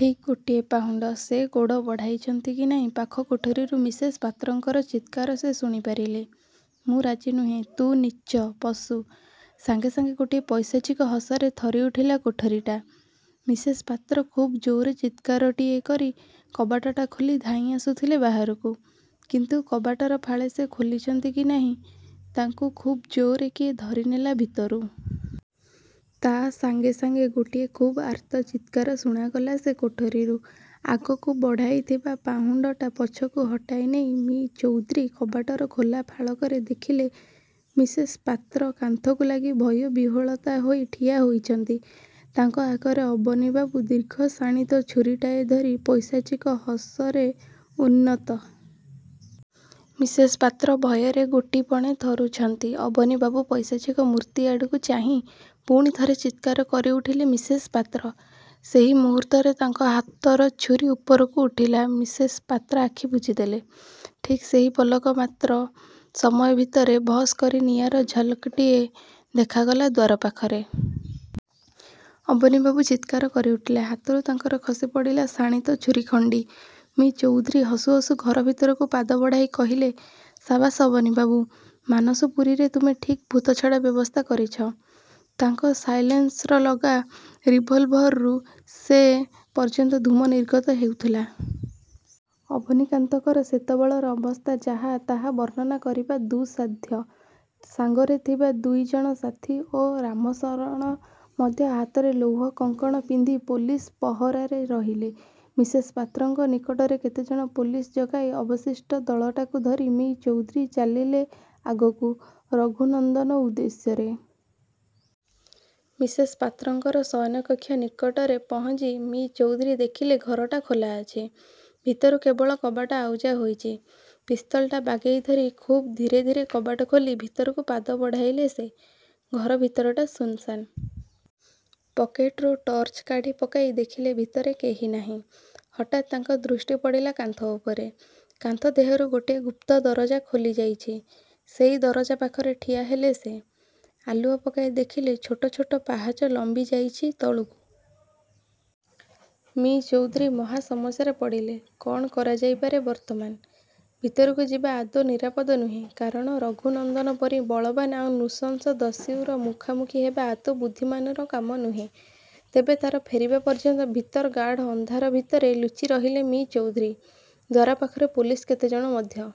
ଠିକ୍ ଗୋଟିଏ ପାହୁଣ୍ଡ ସେ ଗୋଡ଼ ବଢ଼ାଇଛନ୍ତି କି ନାହିଁ ପାଖ କୋଠରୀରୁ ମିସେସ୍ ପାତ୍ରଙ୍କର ଚିତ୍କାର ସେ ଶୁଣି ପାରିଲେ। ''ମୁଁ ରାଜି ନୁହେଁ; ତୁ ନୀଚ, ପଶୁ! '' ସାଙ୍ଗେ ସାଙ୍ଗେ ଗୋଟାଏ ପୈଶାଚିକ ହସରେ ଥରି ଉଠିଲା କୋଠରୀଟା। ମିସେସ୍ ପାତ୍ର ଖୁବ୍ ଜୋର୍ରେ ଚିତ୍କାରଟାଏ କରି କବାଟଟା ଖୋଲି ଧାଇଁ ଆସୁଥିଲେ ବାହାରକୁ, କିନ୍ତୁ କବାଟର ଫାଳେ ସେ ଖୋଲିଛନ୍ତି କି ନାହିଁ, ତାଙ୍କୁ ଖୁବ୍ ଜୋର୍ରେ କିଏ ଧରିନେଲା ଭିତରୁ। ତା' ସାଙ୍ଗେ ସାଙ୍ଗେ ଗୋଟାଏ ଖୁବ୍ ଆର୍ତ୍ତ ଚିତ୍କାର ଶୁଣାଗଲା ସେ କୋଠରୀରୁ। ଆଗକୁ ବଢ଼ାଇଥିବା ପାହୁଣ୍ଡଟା ପଛକୁ ହଟାଇ ନେଇ ମି: ଚୌଧୁରୀ କବାଟର ଖୋଲା ଫାଳକରେ ଦେଖିଲେ ମିସେସ୍ ପାତ୍ର କାନ୍ଥକୁ ଲାଗି ଭୟ-ବିହ୍ୱଳିତା ହୋଇ ଠିଆ ହୋଇଛନ୍ତି। ତାଙ୍କ ଆଗରେ ଅବନୀବାବୁ ଦୀର୍ଘ ଶାଣିତ ଛୁରୀଟାଏ ଧରି ପୈଶାଚିକ ହସରେ ଉନ୍ମତ୍ତ। ମିସେସ୍ ପାତ୍ର ଭୟରେ ଗୋଟିପଣେ ଥରୁଛନ୍ତି। ଅବନୀବାବୁ ପୈଶାଚିକ ମୂର୍ତ୍ତିଆଡ଼କୁ ଚାହିଁ ପୁଣି ଥରେ ଚିତ୍କାର କରି ଉଠିଲେ ମିସେସ୍ ପାତ୍ର। ସେଇ ମୁହୂର୍ତ୍ତରେ ତାଙ୍କ ହାତର ଛୁରୀ ଉପରକୁ ଉଠିଲା। ମିସେସ୍ ପାତ୍ର ଆଖି ବୁଜିଦେଲେ-। ଠିକ୍ ସେଇ ପଲକ ମାତ୍ର ସମୟ ଭିତରେ 'ଭଷ୍' କରି ନିଆଁର ଝଲକ୍ଟିଏ ଦେଖାଗଲା ଦ୍ୱାର ପାଖରେ। ଅବନୀବାବୁ ଚିତ୍କାର କରି ଉଠିଲେ। ହାତରୁ ତାଙ୍କର ଖସି ପଡ଼ିଲା ଶାଣିତ ଛୁରୀଖଣ୍ଡି। ମି: ଚୌଧୁରୀ ହସୁ ହସୁ ଘର ଭିତରକୁ ପାଦ ବଢ଼ାଇ। କହିଲେ-''ସାବାସ୍ ଅବନୀବାବୁ! ମାନସପୁରୀରେ ତୁମେ ଠିକ୍ ଭୂତ ଛଡ଼ା ବ୍ୟବସ୍ଥା କରିଛ। '' ତାଙ୍କ ସାଇଲେନସ୍ର ଲଗା ରିଭଲଭରରୁ ସେ ପର୍ଯ୍ୟନ୍ତ ଧୂମ ନିର୍ଗତ ହେଉଥିଲା। ଅବନୀକାନ୍ତଙ୍କର ସେତେବେଳର ଅବସ୍ଥା ଯାହା, ତାହା ବର୍ଣ୍ଣନା କରିବା ଦୁଃସାଧ୍ୟ। ସାଙ୍ଗରେ ଥିବା ଦୁଇଜଣ ସାଥି ଓ ରାମଶରଣ ମଧ୍ୟ ହାତରେ ଲୌହ କଙ୍କଣ ପିନ୍ଧି ପୋଲିସ୍ ପହରାରେ ରହିଲେ। ମିସେସ୍ ପାତ୍ରଙ୍କ ନିକଟରେ କେତେଜଣ ପୋଲିସ୍ ଜଗାଇ ଅବଶିଷ୍ଟ ଦଳଟାକୁ ଧରି ମି: ଚୌଧୁରୀ ଚାଲିଲେ ଆଗକୁ ରଘୁନନ୍ଦନ ଉଦ୍ଦେଶ୍ୟରେ। ମିସେସ୍ ପାତ୍ରଙ୍କର ଶୟନ କକ୍ଷ ନିକଟରେ ପହଞ୍ଚି ମି: ଚୌଧୁରୀ ଦେଖିଲେ ଘରଟା ଖୋଲା ଅଛି। ଭିତରୁ କେବଳ କବାଟ ଆଉଜା ହୋଇଛି। ପିସ୍ତଲଟା ବାଗେଇ ଧରି ଖୁବ୍ ଧୀରେ ଧୀରେ କବାଟ ଖୋଲି ଭିତରକୁ ପାଦ ବଢ଼ାଇଲେ ସେ। ଘର ଭିତରଟା ଶୂନ୍ ଶାନ୍। ପକେଟରୁ ଟର୍ଚ୍ଚ କାଢ଼ି ପକାଇ ଦେଖିଲେ ଭିତରେ କେହି ନାହିଁ। ହଠାତ୍ ତାଙ୍କ ଦୃଷ୍ଟି ପଡ଼ିଲା କାନ୍ଥ ଉପରେ। କାନ୍ଥ ଦେହରୁ ଗୋଟାଏ ଗୁପ୍ତ ଦରଜା ଖୋଲି ଯାଇଛି। ସେଇ ଦରଜା ପାଖରେ ଠିଆ ହେଲେ ସେ-। ଆଲୁଅ ପକାଇ ଦେଖିଲେ ଛୋଟ ଛୋଟ ପାହାଚ ଲମ୍ବି ଯାଇଚି ତଳକୁ। ମି: ଚୌଧୁରୀ ମହା ସମସ୍ୟାରେ ପଡ଼ିଲେ। ''କ'ଣ କରାଯାଇପାରେ ବର୍ତ୍ତମାନ! ଭିତରକୁ ଯିବା ଆଦୌ ନିରାପଦ ନୁହେଁ। କାରଣ ରଘୁନନ୍ଦନ ପରି ବଳବାନ ଆଉ ନୃଶଂସ ଦସ୍ୟୁର ମୁଖାମୁଖି ହେବା ଆଦୌ ବୁଦ୍ଧିମାନର କାମ ନୁହେଁ। ତେବେ ତା'ର ଫେରିବା ପର୍ଯ୍ୟନ୍ତ ଭିତରର ଗାଢ଼ ଅନ୍ଧାର ଭିତରେ ଲୁଚି ରହିଲେ ମି: ଚୌଧୁରୀ; ଦ୍ୱାର ପାଖରେ ପୋଲିସ୍ କେତେଜଣ ମଧ୍ୟ।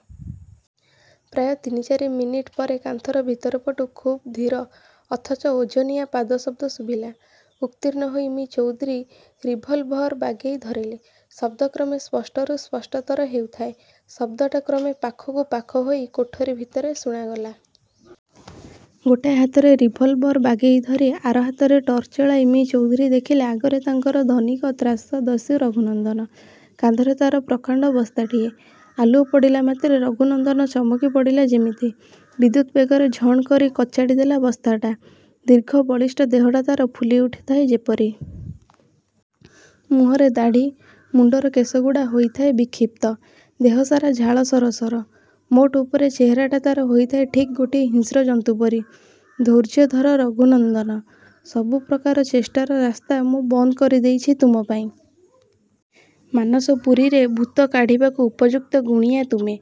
ପ୍ରାୟ ତିନି ଚାରି ମିନିଟ୍ ପରେ କାନ୍ଥର ଭିତରପଟୁ ଖୁବ୍ ଧୀର ଅଥଚ ଓଜନିଆ ପାଦ ଶବ୍ଦ ଶୁଭିଲା। ଉତ୍କୀର୍ଣ୍ଣ ହୋଇ ମି: ଚୌଧୁରୀ ରିଭଲଭର୍ ବାଗେଇ ଧରିଲେ। ଶବ୍ଦ କ୍ରମେ ସ୍ପଷ୍ଟରୁ ସ୍ପଷ୍ଟତର ହେଉଥାଏ। ଶବ୍ଦଟା କ୍ରମେ ପାଖକୁ ପାଖ ହୋଇ କୋଠରୀ ଭିତରେ ଶୁଣାଗଲା। ଗୋଟାଏ ହାତରେ ରିଭଲଭର୍ ବାଗେଇ ଧରି ଆର ହାତରେ ଟର୍ଚ୍ଚ ଜଳାଇ ମି: ଚୌଧୁରୀ ଦେଖିଲେ, ଆଗରେ ତାଙ୍କର ଧନୀକ-ତ୍ରାସ ଦସ୍ୟୁ ରଘୁନନ୍ଦନ। କାନ୍ଧରେ ତା'ର ପ୍ରକାଣ୍ଡ ବସ୍ତାଟାଏ-। ଆଲୁଅ ପଡ଼ିଲା ମାତ୍ରେ ରଘୁନନ୍ଦନ ଚମକି ପଡ଼ିଲା ଯେମିତି। ବିଦ୍ୟୁତ୍ ବେଗରେ ଝଣ୍ କରି କଚାଡ଼ି ଦେଲା ବସ୍ତାଟା; ଦୀର୍ଘ, ବଳିଷ୍ଟ ଦେହଟା ତା'ର ଫୁଲି ଉଠୁଥାଏ ଯେପରି। ମୁହଁର ଦାଢ଼ି, ମୁଣ୍ଡର କେଶଗୁଡ଼ା ହୋଇଥାଏ ବିକ୍ଷିପ୍ତ। ଦେହ ସାରା ଝାଳ ସରସର। ମୋଟ ଉପରେ ଚେହେରାଟା ତା'ର ହୋଇଥାଏ ଠିକ୍ ଗୋଟାଏ ହିଂସ୍ର ଜନ୍ତୁ ପରି। ''ଧୈର୍ଯ୍ୟ ଧର ରଘୁନନ୍ଦନ! ସବୁ ପ୍ରକାର ଚେଷ୍ଟାର ରାସ୍ତା ମୁଁ ବନ୍ଦ କରି ଦେଇଛି ତୁମ ପାଇଁ। ମାନସପୁରୀରେ ଭୂତ କାଢ଼ିବାକୁ ଉପଯୁକ୍ତ ଗୁଣିଆ ତୁମେ।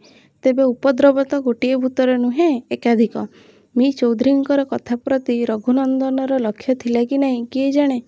ତେବେ ଉପଦ୍ରବ ତ ଗୋଟିଏ ଭୂତର ନୁହେଁ, ଏକାଧିକ! '' ମି: ଚୌଧୁରୀଙ୍କ କଥା ପ୍ରତି ରଘୁନନ୍ଦନର ଲକ୍ଷ୍ୟ ଥିଲା କି ନାହିଁ କିଏ ଜାଣେ?